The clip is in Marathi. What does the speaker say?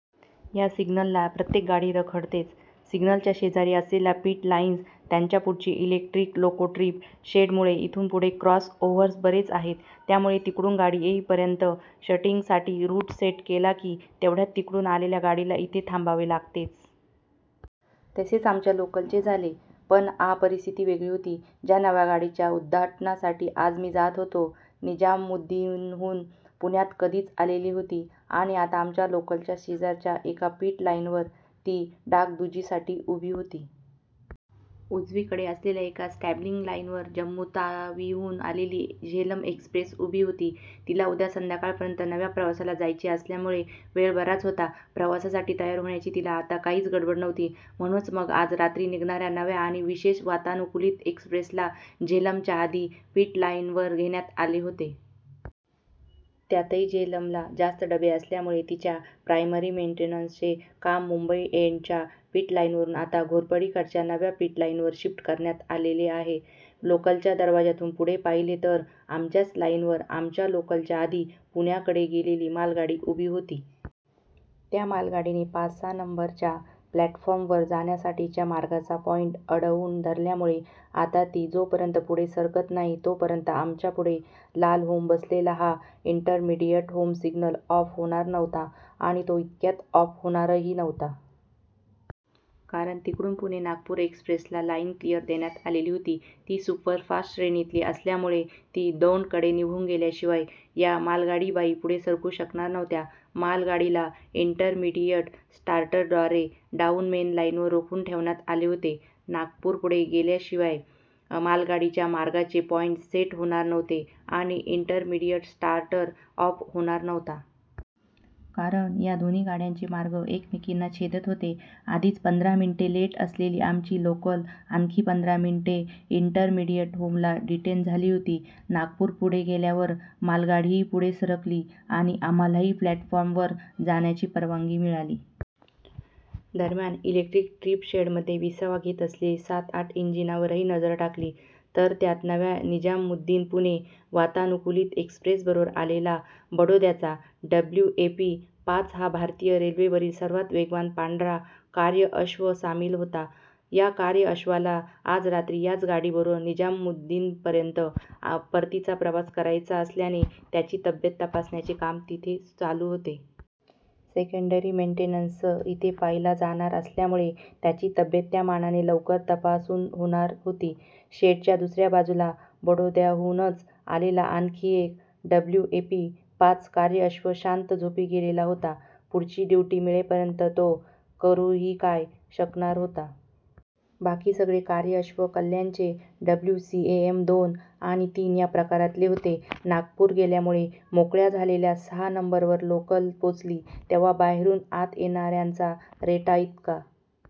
या सिग्नलला प्रत्येक गाडी रखडतेच. सिग्नलच्या शेजारी असलेल्या पिट लाईन्स, त्याच्या पुढची इलेक्ट्रिक लोको ट्रीप शेडमुळे इथून पुढे क्रॉस ओव्हर्स बरेच आहेत. त्यामुळे तिकडून गाडी येऊपर्यंत शंटिंगसाठी रूट सेट केला की, तेवढ्यात तिकडून आलेल्या गाडीला इथे थांबावे लागतेच. तसेच आमच्या लोकलचे झाले. पण आ परिस्थिती वेगळी होती. ज्या नव्या गाडीच्या उद्घाटनासाठी आज मी जात होतो, निजामुद्दीनहून पुण्यात कधीच आलेली होती आणि आता आमच्या लोकलच्या शेजारच्या एका पिट लाईनवर ती डागडुजीसाठी उभी होती. उजवीकडे असलेल्या एका स्टॅब्लिंग लाईनवर जम्मुतावीहून आलेली झेलम एक्सप्रेस उभी होती. तिला उद्या संध्याकाळपर्यंत नव्या प्रवासाला जायचे असल्यामुळे वेळ बराच होता. प्रवासासाठी तयार होण्याची तिला आता काहीच गडबड नव्हती. म्हणूनच मग आज रात्री निघणाऱ्या नव्या आणि विशेष वातानुकूलित एक्सप्रेसला झेलमच्या आधी पिटलाईनवर घेण्यात आले होते. त्यातही झेलमला जास्त डबे असल्यामुळे तिच्या प्रायमरी मेंटेनंसचे काम मुंबई एंडच्या पिटलाईनवरून आता घोरपडीकडच्या नव्या पिटलाईनवर शिफ्ट करण्यात आलेले आहे. लोकलच्या दरवाज्यातून पुढे पाहिले तर, आमच्याच लाईनवर आमच्या लोकलच्या आधी पुण्याकडे गेलेली मालगाडी उभी होती. त्या मालगाडीने पाच-सहा नंबरच्या प्लॅटफॉर्मवर जाण्यासाठीच्या मार्गाचा पॉईंट अडवून धरल्यामुळे आता ती जोपर्यंत पुढे सरकत नाही, तोपर्यंत आमच्या पुढे लाल होऊन बसलेला हा इंटरमीडिएट होम सिग्नल ऑफ होणार नव्हता. आणि तो इतक्यात ऑफ होणारही नव्हता. कारण तिकडून पुणे-नागपूर एक्सप्रेसला लाईन क्लिअर देण्यात आलेली होती. ती सुपरफास्ट श्रेणीतील असल्यामुळे ती दौंडकडे निघून गेल्याशिवाय या मालगाडीबाई पुढे सरकू शकणार नव्हत्या. मालगाडीला इंटरमीडिएट स्टार्टरद्वारे डाऊन मेनलाईनवर रोखून ठेवण्यात आले होते. नागपूर पुढे गेल्याशिवाय मालगाडीच्या मार्गाचे पॉईंटस् सेट होणार नव्हते आणि इंटरमीडिएट स्टार्टर ऑफ होणार नव्हता. कारण या दोन्ही गाड्यांचे मार्ग एकमेकींना छेदत होते. आधीच पंधरा मिनिटे लेट असलेली आमची लोकल आणखी पंधरा मिनिटे इंटरमीडिएट होमला डिटेन झाली होती. नागपूर पुढे गेल्यावर मालगाडीही पुढे सरकली आणि आम्हालाही प्लॅटफॉर्मवर जाण्याची परवानगी मिळाली. दरम्यान, इलेक्ट्रिक ट्रीप शेडमध्ये विसावा घेत असलेली सात-आठ इंजिनांवरही नजर टाकली, तर त्यात नव्या निजामुद्दीन-पुणे वातानुकूलित एक्सप्रेसबरोबर आलेला बडोद्याचा डब्ल्यूएपी-पाच हा भारतीय रेल्वेवरील सर्वांत वेगवान पांढरा कार्यअश्व सामील होता. या कार्यअश्वाला आज रात्री याच गाडीबरोबर निजामुद्दीनपर्यंत परतीचा प्रवास करायचा असल्याने त्याची तब्येत तपासण्याचे काम तिथे चालू होते. सेकंडरी मेन्टेनंसच इथे पाहिला जाणार असल्यामुळे त्याची तब्येत त्या मानाने लवकर तपासून होणार होती. शेडच्या दुसऱ्या बाजूला बडोद्याहूनच आलेला आणखी एक डब्ल्यूएपी-पाच कार्यअश्व शांत झोपी गेलेला होता. पुढची ड्युटी मिळेपर्यंत तो करूही काय शकणार होता? बाकी सगळे कार्यअश्व कल्याणचे डब्ल्यूसीएएम-दोन आणि तीन या प्रकारातले होते. नागपूर गेल्यामुळे मोकळ्या झालेल्या सहा नंबरवर लोकल पोहचली तेव्हा बाहेरून आत येणाऱ्यांचा रेटा इतका